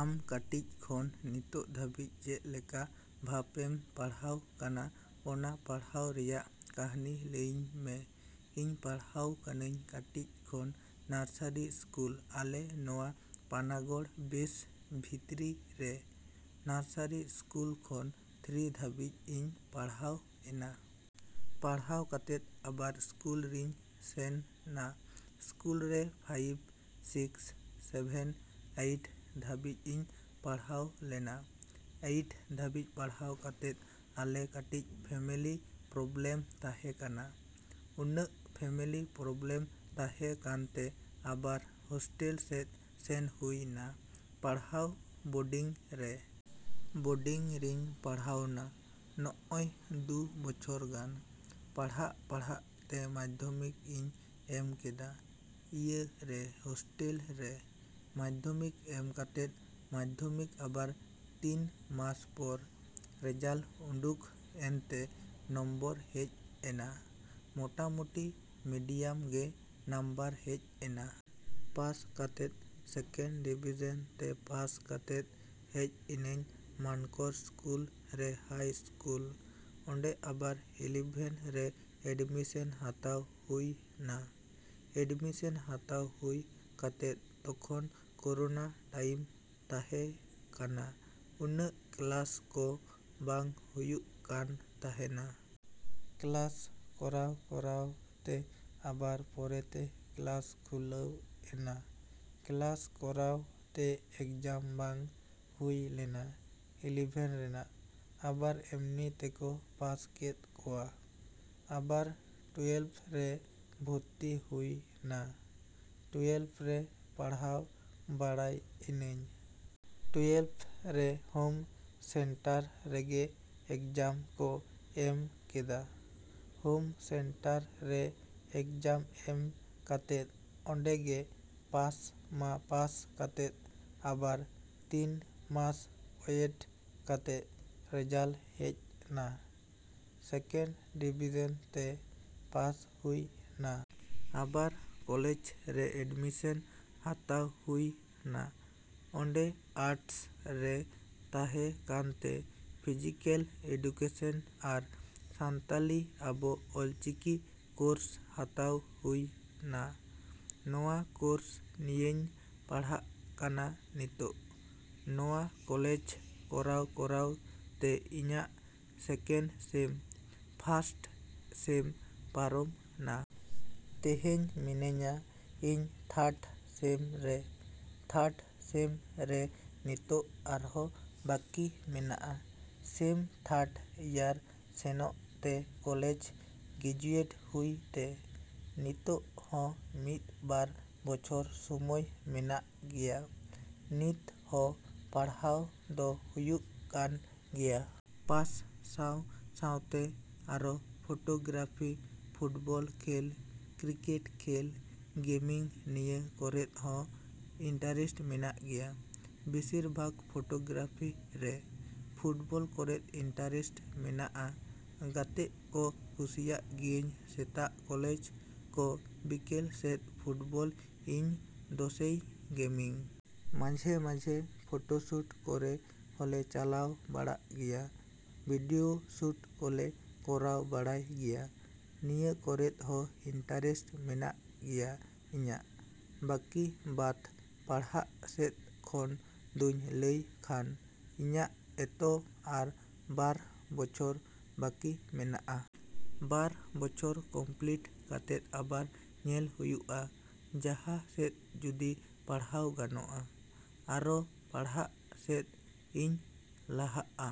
ᱟᱢ ᱠᱟᱹᱴᱤᱡ ᱠᱷᱚᱱ ᱱᱤᱛᱚᱜ ᱫᱷᱟᱹᱵᱤᱡ ᱪᱮᱫ ᱞᱮᱠᱟ ᱵᱷᱟᱵᱽᱮᱢ ᱯᱟᱲᱦᱟᱣ ᱠᱟᱱᱟ, ᱚᱱᱟ ᱯᱟᱲᱦᱟᱣ ᱨᱮᱭᱟᱜ ᱠᱟᱹᱦᱱᱤ ᱞᱟᱹᱭᱤᱧ ᱢᱮ᱾ ᱤᱧ ᱯᱟᱲᱦᱟᱣ ᱠᱟᱹᱱᱟᱹᱧ ᱠᱟᱹᱴᱤᱡ ᱠᱷᱚᱱ ᱱᱟᱨᱥᱟᱨᱤ ᱥᱠᱩᱞ ᱟᱞᱮ ᱱᱚᱣᱟ ᱯᱟᱱᱟᱜᱚᱲ ᱵᱮᱥ ᱵᱷᱤᱛᱨᱤ ᱨᱮ᱾ ᱱᱟᱨᱥᱟᱨᱤ ᱥᱠᱩᱞ ᱠᱷᱚᱱ ᱛᱷᱨᱤ ᱫᱷᱟᱹᱵᱤᱡ ᱤᱧ ᱯᱟᱲᱦᱟᱣ ᱮᱱᱟ᱾ ᱯᱟᱲᱦᱟᱣ ᱠᱟᱛᱮᱫ ᱟᱵᱟᱨ ᱥᱠᱩᱞ ᱨᱤᱧ ᱥᱮᱱ ᱱᱟ᱾ ᱥᱠᱩᱞ ᱨᱮ ᱯᱷᱟᱭᱤᱵᱷ, ᱥᱤᱠᱥ, ᱥᱮᱵᱷᱮᱱ, ᱮᱭᱤᱴ ᱫᱷᱟᱹᱵᱤᱡ ᱤᱧ ᱯᱟᱲᱦᱟᱣ ᱞᱮᱱᱟ᱾ ᱮᱭᱤᱴ ᱫᱷᱟᱹᱵᱤᱡ ᱯᱟᱲᱦᱟᱣ ᱠᱟᱛᱮᱫ ᱟᱞᱮ ᱠᱟᱹᱴᱤᱡ ᱯᱷᱮᱢᱤᱞᱤ ᱯᱨᱚᱵᱽᱞᱮᱢ ᱛᱟᱦᱮᱸ ᱠᱟᱱᱟ᱾ ᱩᱱᱟᱹᱜ ᱯᱷᱮᱢᱤᱞᱤ ᱯᱨᱚᱵᱽᱞᱮᱢ ᱛᱟᱦᱮᱸ ᱠᱟᱱᱛᱮ ᱟᱵᱟᱨ ᱦᱳᱥᱴᱮᱞ ᱥᱮᱫ ᱥᱮᱱ ᱦᱩᱭ ᱱᱟ ᱯᱟᱲᱦᱟᱣ ᱵᱳᱰᱤᱝ ᱨᱮ᱾ ᱵᱳᱰᱤᱝ ᱨᱤᱧ ᱯᱟᱲᱦᱟᱣᱱᱟ ᱱᱚᱜᱼᱚᱭ ᱫᱩ ᱵᱚᱪᱷᱚᱨ ᱜᱟᱱ᱾ ᱯᱟᱲᱦᱟᱜ-ᱯᱟᱲᱦᱟᱜ ᱛᱮ ᱢᱟᱫᱽᱫᱷᱚᱢᱤᱠ ᱤᱧ ᱮᱢ ᱠᱮᱫᱟ ᱤᱭᱟᱹ ᱨᱮ, ᱦᱳᱥᱴᱮᱞ ᱨᱮ᱾ ᱢᱟᱫᱽᱫᱷᱚᱢᱤᱠ ᱮᱢ ᱠᱟᱛᱮᱫ ᱢᱟᱫᱽᱫᱷᱚᱢᱤᱠ ᱟᱵᱟᱨ ᱛᱤᱱ ᱢᱟᱥ ᱯᱚᱨ ᱨᱮᱡᱟᱞᱴ ᱩᱸᱰᱩᱠ ᱮᱱᱛᱮ ᱱᱚᱢᱵᱚᱨ ᱦᱮᱡ ᱮᱱᱟ᱾ ᱢᱳᱴᱟᱢᱩᱴᱤ ᱢᱤᱰᱤᱭᱟᱢ ᱜᱮ ᱱᱟᱢᱵᱟᱨ ᱦᱮᱡ ᱮᱱᱟ᱾ ᱯᱟᱥ ᱠᱟᱛᱮᱫ ᱥᱮᱠᱮᱱᱰ ᱰᱤᱵᱷᱤᱡᱮᱱ ᱛᱮ ᱯᱟᱥ ᱠᱟᱛᱮᱫ ᱦᱮᱡ ᱤᱱᱟᱹᱧ ᱢᱟᱱᱠᱚᱨ ᱥᱠᱩᱞ ᱨᱮ ᱦᱟᱭ ᱥᱠᱩᱞ᱾ ᱚᱸᱰᱮ ᱟᱵᱟᱨ ᱤᱞᱤᱵᱷᱮᱱ ᱨᱮ ᱮᱰᱢᱤᱥᱮᱱ ᱦᱟᱛᱟᱣ ᱦᱩᱭ ᱱᱟ᱾ ᱮᱰᱢᱤᱥᱮᱱ ᱦᱟᱛᱟᱣ ᱦᱩᱭ ᱠᱟᱛᱮᱫ ᱛᱚᱠᱷᱚᱱ ᱠᱳᱨᱳᱱᱟ ᱴᱟᱭᱤᱢ ᱛᱟᱦᱮᱸ ᱠᱟᱱᱟ᱾ ᱩᱱᱟᱹᱜ ᱠᱞᱟᱥ ᱠᱚ ᱵᱟᱝ ᱦᱩᱭᱩᱜ ᱠᱟᱱ ᱛᱟᱦᱮᱱᱟ᱾ ᱠᱞᱟᱥ ᱠᱚᱨᱟᱣ-ᱠᱚᱨᱟᱣ ᱛᱮ ᱟᱵᱟᱨ ᱯᱚᱨᱮᱛᱮ ᱠᱞᱟᱥ ᱠᱷᱩᱞᱟᱹᱣ ᱮᱱᱟ᱾ ᱠᱞᱟᱥ ᱠᱚᱨᱟᱣ ᱛᱮ ᱮᱠᱡᱟᱢ ᱵᱟᱝ ᱦᱩᱭ ᱞᱮᱱᱟ ᱤᱞᱤᱵᱷᱮᱱ ᱨᱮᱱᱟᱜ᱾ ᱟᱵᱟᱨ ᱮᱢᱱᱤ ᱛᱮᱠᱚ ᱯᱟᱥ ᱠᱮᱫ ᱠᱚᱣᱟ᱾ ᱟᱵᱟᱨ ᱴᱩᱭᱮᱞᱵᱷ ᱨᱮ ᱵᱷᱚᱨᱛᱤ ᱦᱩᱭ ᱱᱟ᱾ ᱴᱩᱭᱮᱞᱵᱷ ᱨᱮ ᱯᱟᱲᱦᱟᱣ ᱵᱟᱲᱟᱭ ᱤᱱᱟᱹᱧ᱾ ᱴᱩᱭᱮᱞᱵᱷ ᱨᱮ ᱦᱳᱢ ᱥᱮᱱᱴᱟᱨ ᱨᱮᱜᱮ ᱮᱠᱡᱟᱢ ᱠᱚ ᱮᱢ ᱠᱮᱫᱟ᱾ ᱦᱳᱢ ᱥᱮᱱᱴᱟᱨ ᱨᱮ ᱮᱠᱡᱟᱢ ᱮᱢ ᱠᱟᱛᱮᱫ ᱚᱸᱰᱮᱜᱮ ᱯᱟᱥ ᱢᱟ ᱯᱟᱥ ᱠᱟᱛᱮᱫ ᱟᱵᱟᱨ ᱛᱤᱱ ᱢᱟᱥ ᱚᱭᱮᱴ ᱠᱟᱛᱮᱫ ᱨᱮᱡᱟᱞᱴ ᱦᱮᱡ ᱱᱟ᱾ ᱥᱮᱠᱮᱱᱰ ᱰᱤᱵᱷᱤᱡᱮᱱ ᱛᱮ ᱯᱟᱥ ᱦᱩᱭ ᱱᱟ᱾ ᱟᱵᱟᱨ ᱠᱚᱞᱮᱡᱽ ᱨᱮ ᱮᱰᱢᱤᱥᱮᱱ ᱦᱟᱛᱟᱣ ᱦᱩᱭ ᱱᱟ᱾ ᱚᱸᱰᱮ ᱟᱨᱴᱥ ᱨᱮ ᱛᱟᱦᱮᱸ ᱠᱟᱱᱛᱮ ᱯᱷᱤᱡᱤᱠᱮᱞ ᱮᱰᱩᱠᱮᱥᱮᱱ ᱟᱨ ᱥᱟᱱᱛᱟᱞᱤ ᱟᱵᱚ ᱚᱞᱪᱤᱠᱤ ᱠᱳᱨᱥ ᱦᱟᱛᱟᱣ ᱦᱩᱭ ᱱᱟ᱾ ᱱᱚᱣᱟ ᱠᱳᱨᱥ ᱱᱤᱭᱮᱧ ᱯᱟᱲᱦᱟᱜ ᱠᱟᱱᱟ ᱱᱤᱛᱚᱜ᱾ ᱱᱚᱣᱟ ᱠᱚᱞᱮᱡᱽ ᱠᱚᱨᱟᱣ-ᱠᱚᱨᱟᱣ ᱛᱮ ᱤᱧᱟᱹᱜ ᱥᱮᱠᱮᱱᱰ ᱥᱮᱢ, ᱯᱷᱟᱥᱴ ᱥᱮᱢ ᱯᱟᱨᱚᱢ ᱱᱟ᱾ ᱛᱮᱦᱮᱧ ᱢᱤᱱᱟᱹᱧᱟ ᱤᱧ ᱛᱷᱟᱨᱰ ᱥᱮᱢ ᱨᱮ᱾ ᱛᱷᱟᱨᱰ ᱥᱮᱢ ᱨᱮ ᱱᱤᱛᱚᱜ ᱟᱨᱚ ᱵᱟᱠᱤ ᱢᱮᱱᱟᱜᱼᱟ ᱥᱮᱢ ᱛᱷᱟᱨᱰ ᱤᱭᱟᱨ ᱥᱮᱱᱚᱜ ᱛᱮ ᱠᱚᱞᱮᱡᱽ ᱜᱨᱮᱡᱩᱭᱮᱴ ᱦᱩᱭ ᱛᱮ᱾ ᱱᱤᱛᱚᱜ ᱦᱚᱸ ᱢᱤᱫ ᱵᱟᱨ ᱵᱚᱪᱷᱚᱨ ᱥᱚᱢᱚᱭ ᱢᱮᱱᱟᱜ ᱜᱮᱭᱟ᱾ ᱱᱤᱛ ᱦᱚᱸ ᱯᱟᱲᱦᱟᱣ ᱫᱚ ᱦᱩᱭᱩᱜ ᱠᱟᱱ ᱜᱮᱭᱟ᱾ ᱯᱟᱥ ᱥᱟᱶ ᱥᱟᱶᱛᱮ ᱟᱨᱚ ᱯᱷᱳᱴᱳᱜᱨᱟᱯᱷᱤ, ᱯᱷᱩᱴᱵᱚᱞ ᱠᱷᱮᱞ, ᱠᱤᱨᱠᱮᱴ ᱠᱷᱮᱞ, ᱜᱮᱢᱤᱝ ᱱᱤᱭᱟᱹ ᱠᱚᱨᱮᱫ ᱦᱚᱸ ᱤᱱᱴᱟᱨᱮᱥᱴ ᱢᱮᱱᱟᱜ ᱜᱮᱭᱟ᱾ ᱵᱮᱥᱤᱨ ᱵᱷᱟᱜᱽ ᱯᱷᱳᱴᱳᱜᱨᱟᱯᱷᱤ ᱨᱮ, ᱯᱷᱩᱴᱵᱚᱞ ᱠᱚᱨᱮᱫ ᱤᱱᱴᱟᱨᱮᱥᱴ ᱢᱮᱱᱟᱜᱼᱟ᱾ ᱜᱟᱛᱮᱜ ᱠᱚ ᱠᱩᱥᱤᱜ ᱜᱤᱭᱟᱹᱧ ᱥᱮᱛᱟᱜ ᱠᱚᱞᱮᱡᱽ ᱠᱚ ᱵᱤᱠᱮᱞ ᱥᱮᱫ ᱯᱷᱩᱴᱵᱚᱞ ᱤᱧ ᱫᱚᱥᱮᱭ ᱜᱮᱢᱤᱝ᱾ ᱢᱟᱡᱷᱮᱼᱢᱟᱡᱷᱮ ᱯᱷᱳᱴᱳᱥᱩᱴ ᱠᱚᱨᱮ ᱦᱚᱸᱞᱮ ᱪᱟᱞᱟᱣ ᱵᱟᱲᱟᱜ ᱜᱮᱭᱟ᱾ ᱵᱷᱤᱰᱤᱭᱳ ᱥᱩᱴ ᱠᱚᱞᱮ ᱠᱚᱨᱟᱣ ᱵᱟᱲᱟᱭ ᱜᱮᱭᱟ᱾ ᱱᱤᱭᱟᱹ ᱠᱚᱨᱮᱫ ᱦᱚᱸ ᱤᱱᱴᱨᱮᱥᱴ ᱢᱮᱱᱟᱜ ᱜᱮᱭᱟ ᱤᱧᱟᱹᱜ᱾ ᱵᱟᱹᱠᱤ ᱵᱟᱫᱽ ᱯᱟᱲᱦᱟᱜ ᱥᱮᱫ ᱠᱷᱚᱱ ᱫᱚᱧ ᱞᱟᱹᱭ ᱠᱷᱟᱱ ᱤᱧᱟᱹᱜ ᱮᱛᱚ ᱟᱨ ᱵᱟᱨ ᱵᱚᱪᱷᱚᱨ ᱵᱟᱹᱠᱤ ᱢᱮᱱᱟᱜᱼᱟ᱾ ᱵᱟᱨ ᱵᱚᱪᱷᱚᱨ ᱠᱚᱢᱯᱞᱤᱴ ᱠᱟᱛᱮᱫ ᱟᱵᱟᱨ ᱧᱮᱞ ᱦᱩᱭᱩᱜᱼᱟ ᱡᱟᱦᱟᱸ ᱥᱮᱫ ᱡᱩᱫᱤ ᱯᱟᱲᱦᱟᱣ ᱜᱟᱱᱚᱜᱼᱟ ᱟᱨᱚ ᱯᱟᱲᱦᱟᱜ ᱥᱮᱫ ᱤᱧ ᱞᱟᱦᱟᱜᱼᱟ᱾